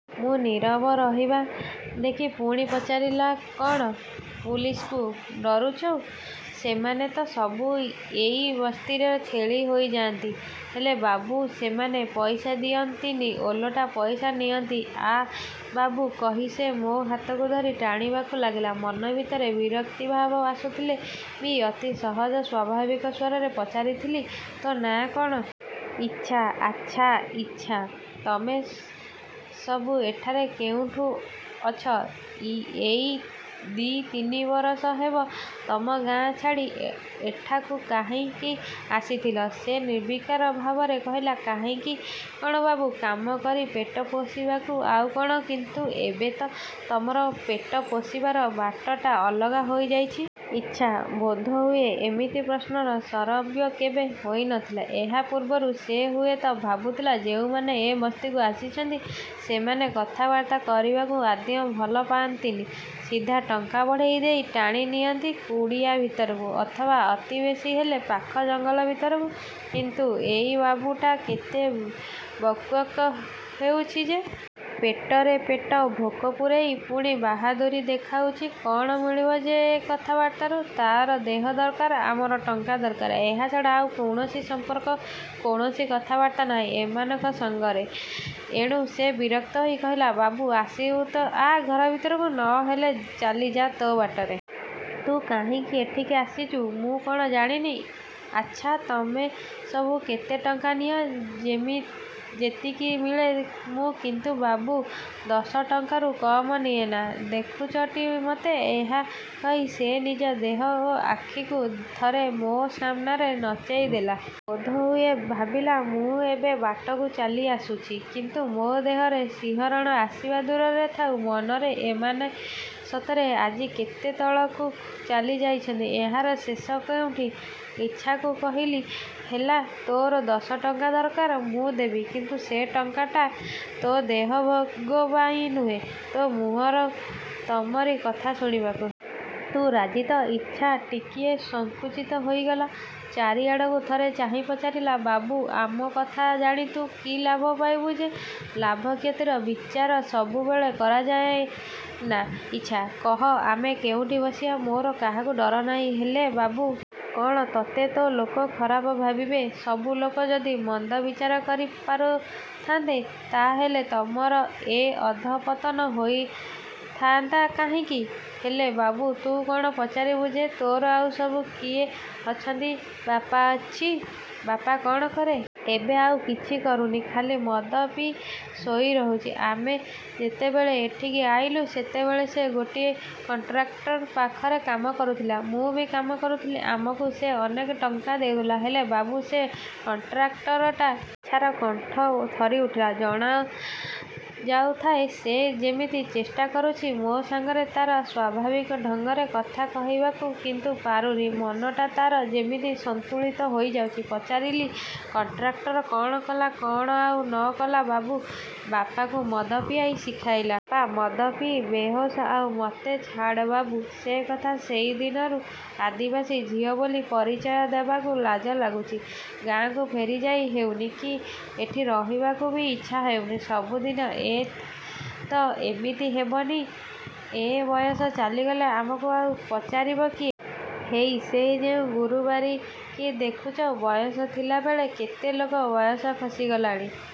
ମୁଁ ନୀରବ ରହିବା ଦେଖି ପୁଣି ପଚାରିଲା–କ'ଣ ପୁଲିସ୍କୁ ଡରୁଚୁ? ସେମାନେ ତ ସବୁ ଏଇ ବସ୍ତିରେ ଛେଳି ହୋଇଯାଆନ୍ତି। ହେଲେ ବାବୁ ସେମାନେ ପଇସା ଦିଅନ୍ତନି ଓଲଟା ପଇସା ନିଅନ୍ତି। ଆ ବାବୁ, କହି ସେ ମୋ'ହାତକୁ ଧରି ଟାଣିବାକୁ ଲାଗିଲା। ମନ ଭିତରେ ବିରକ୍ତିଭାବ ଆସୁଥିଲେ ବି ଅତି ସହଜ, ସ୍ଵାଭାବିକ ସ୍ଵରରେ ପଚାରିଥିଲି–ତୋ ନାଆ କ'ଣ? ଇଚ୍ଛା! ଆଚ୍ଛା ଇଚ୍ଛା, ତମେସବୁ ଏଠାରେ କେବେଠୁଁ ଅଛ? ଏଇ ଦି' ତିନିବର୍ଷ ହେବ। ତମ ଗାଆଁ ଛାଡ଼ି ଏଠାକୁ କାହିଁକି ଆସିଥିଲ? ସେ ନିର୍ବିକାର ଭାବରେ କହିଲା–କାହିଁକି କ'ଣ ବାବୁ, କାମ କରି ପେଟ ପୋଷିବାକୁ, ଆଉ କ'ଣ? କିନ୍ତୁ ଏବେ ତ ତମର ପେଟ ପୋଷିବାର ବାଟଟା ଅଲଗା ହୋଇଯାଇଛି। ଇଚ୍ଛା ବୋଧହୁଏ ଏମିତି ପ୍ରଶ୍ନର ଶରବ୍ୟ କେବେ ହୋଇନଥିଲା ଏହା ପୂର୍ବରୁ। ସେ ହୁଏତ ଭାବୁଥିଲା–ଯେଉଁମାନେ ଏ ବସ୍ତିକୁ ଆସିଛନ୍ତି ସେମାନେ କଥାବାର୍ତ୍ତା କରିବାକୁ ଆଦୌ ଭଲ ପାଆନ୍ତିନି। ସିଧା ଟଙ୍କା ବଢ଼େଇ ଦେଇ ଟାଣି ନିଅନ୍ତି କୁଡ଼ିଆ ଭିତରକୁ ଅଥବା ଅତି ବେଶୀ ହେଲେ ପାଖ ଜଙ୍ଗଲ ଭିତରକୁ; କିନ୍ତୁ ଏଇ ବାବୁଟା କେତେ ବକ୍ବକ୍ ହେଉଚି ଯେ। ପେଟରେ ପେଟେ ଭୋକ ପୁରେଇ ପୁଣି ବାହାଦୂରୀ ଦେଖାଉଚି। କ'ଣ ମିଳିବ ଯେ ଏ କଥାବାର୍ତ୍ତାରୁ। ତା'ର ଦେହ ଦରକାର ଆମର ଟଙ୍କା ଦରକାର। ଏହାଛଡ଼ା ଆଉ କୌଣସି ସମ୍ପର୍କ, କୌଣସି କଥାବାର୍ତ୍ତା ନାହିଁ ଏମାନଙ୍କ ସାଙ୍ଗରେ। ଏଣୁ ସେ ବିରକ୍ତ ହୋଇ କହିଲା–ବାବୁ, ଆସିବୁ ତ ଆ ଘର ଭିତରକୁ, ନ ହେଲେ ଚାଲିଯା' ତୋ' ବାଟରେ। ତୁ କାହିଁକି ଏଠିକି ଆସିଚୁ ମୁଁ କ'ଣ ଜାଣିନି? ଆଚ୍ଛା, ତମେ ସବୁ କେତେ ଟଙ୍କା ନିଅ? ଯେତିକି ମିଳେ। ମୁଁ କିନ୍ତୁ ବାବୁ ଦଶଟଙ୍କାରୁ କମ୍ ନିଏନା। ଦେଖୁଚଟି ମତେ? ଏହା କହି ସେ ନିଜ ଦେହ ଓ ଆଖିକୁ ଥରେ ମୋ' ସାମ୍ନାରେ ନଚେଇ ଦେଲା। ବୋଧହୁଏ ଭାବିଲା ମୁଁ ଏବେ ବାଟକୁ ଚାଲି ଆସୁଛି। କିନ୍ତୁ ମୋ' ଦେହରେ ଶିହରଣ ଆସିବା ଦୂରେ ଥାଉ ମନରେ... ଏମାନେ ସତରେ ଆଜି କେତେ ତଳକୁ ଚାଲିଯାଇଛନ୍ତି। ଏହାର ଶେଷ କେଉଁଠି? ଇଚ୍ଛାକୁ କହିଲି–ହେଲା ତୋର ଦଶଟଙ୍କା ଦରକାର, ମୁଁ ଦେବି; କିନ୍ତୁ ସେ ଟଙ୍କାଟା ତୋ ଦେହ ଭୋଗ ପାଇଁ ନୁହେ, ତୋ ମୁହଁରୁ ତମରି କଥା ଶୁଣିବାକୁ। ତୁ ରାଜି ତ? ଇଚ୍ଛା ଟିକିଏ ସଙ୍କୁଚିତ ହୋଇଗଲା। ଚାରିଆଡ଼କୁ ଥରେ ଚାହିଁ ପଚାରିଲା–ବାବୁ, ଆମ କଥା ଜାଣି ତୁ କି ଲାଭ ପାଇବୁ ଯେ? ଲାଭ–କ୍ଷତିର ବିଚାର ସବୁବେଳେ କରାଯାଏନା ଇଚ୍ଛା। କହ ଆମେ କେଉଁଠି ବସିବା। ମୋର କାହାକୁ ଡର ନାହିଁ ହେଲେ ବାବୁ... କ'ଣ? ତୋତେ ତ ଲୋକ। ଖରାପ ଭାବିବେ। ସବୁ ଲୋକ ଯଦି–ମନ୍ଦ ବିଚାର କରି ପାରୁଥାନ୍ତେ ତା'ହେଲେ ତମର ଏ ଅଧପତନ ହୋଇଥାନ୍ତା କାହିଁକି? ହେଲେ ବାବୁ ତୁ କ'ଣ ପଚାରିବୁ ଯେ? ତୋର ଆଉ ସବୁ କିଏ ଅଛନ୍ତି? ବାପା ଅଛି। ବାପା କ'ଣ କରେ? ଏବେ ଆଉ କିଛି କରୁନି। ଖାଲି ମଦ ପିଇ ଶୋଇ ରହୁଛି। ଆମେ ଯେତେବେଳେ ଏଠିକି ଆଇଲୁ ସେତେବେଳେ ସେ ଗୋଟିଏ କଣ୍ଟ୍ରାକ୍ଟର ପାଖରେ କାମ କରୁଥିଲା। ମୁଁ ବି କାମ କରୁଥିଲି। ଆମକୁ ସେ ଅନେକ ଟଙ୍କା ଦେଉଥିଲା। ହେଲେ ବାବୁ ସେ କଣ୍ଟ୍ରାକ୍ଟରଟା... ଇଚ୍ଛାର କଣ୍ଠ ଥରିଉଠିଲା। ଜଣାଯାଉଥାଏ ସେ ଯେମିତି ଚେଷ୍ଟା କରୁଛି ମୋ'ସାଙ୍ଗରେ ତା'ର ସ୍ଵାଭାବିକ ଢଙ୍ଗରେ; କଥା କହିବାକୁ; କିନ୍ତୁ ପାରୁନି। ମନଟା ତା'ର ଯେମିତି ସନ୍ତୁଳି ହୋଇଯାଉଛି। ପଚାରିଲି–କଣ୍ଟ୍ରାକ୍ଟର କ'ଣ କଲା? କ'ଣ ଆଉ ନ କଲା ବାବୁ! ବାପାକୁ ମଦ ପିଆଇ ଶିଖାଇଲା। ବାପା ମଦ ପିଇ ବେହୋସ। ଆଉ ମୋତେ...। ଛାଡ଼ ବାବୁ ସେ କଥା ସେଇ ଦିନରୁ ଆଦିବାସୀ ଝିଅ ବୋଲି ପରିଚୟ ଦେବାକୁ ଲାଜ ଲାଗୁଚି। ଗାଆଁକୁ ଫେରିଯାଇ ହେଉନି କି ଏଠି ରହିବାକୁ ବି ଇଚ୍ଛା ହେଉନି। ସବୁଦିନ ତ ଏମିତି ହେବନି। ଏ ବୟସ ଚାଲିଗଲେ ଆମକ ଆଉ ପଚାରିବ କିଏ? ହେଇ ସେ ଯେଉଁ ଗୁରୁବାରୀକି ଦେଖୁଚ, ବୟସ ଥିଲା ବେଳେ କେତେ ଲୋକ... ବୟସ ଖସିଗଲାଣି।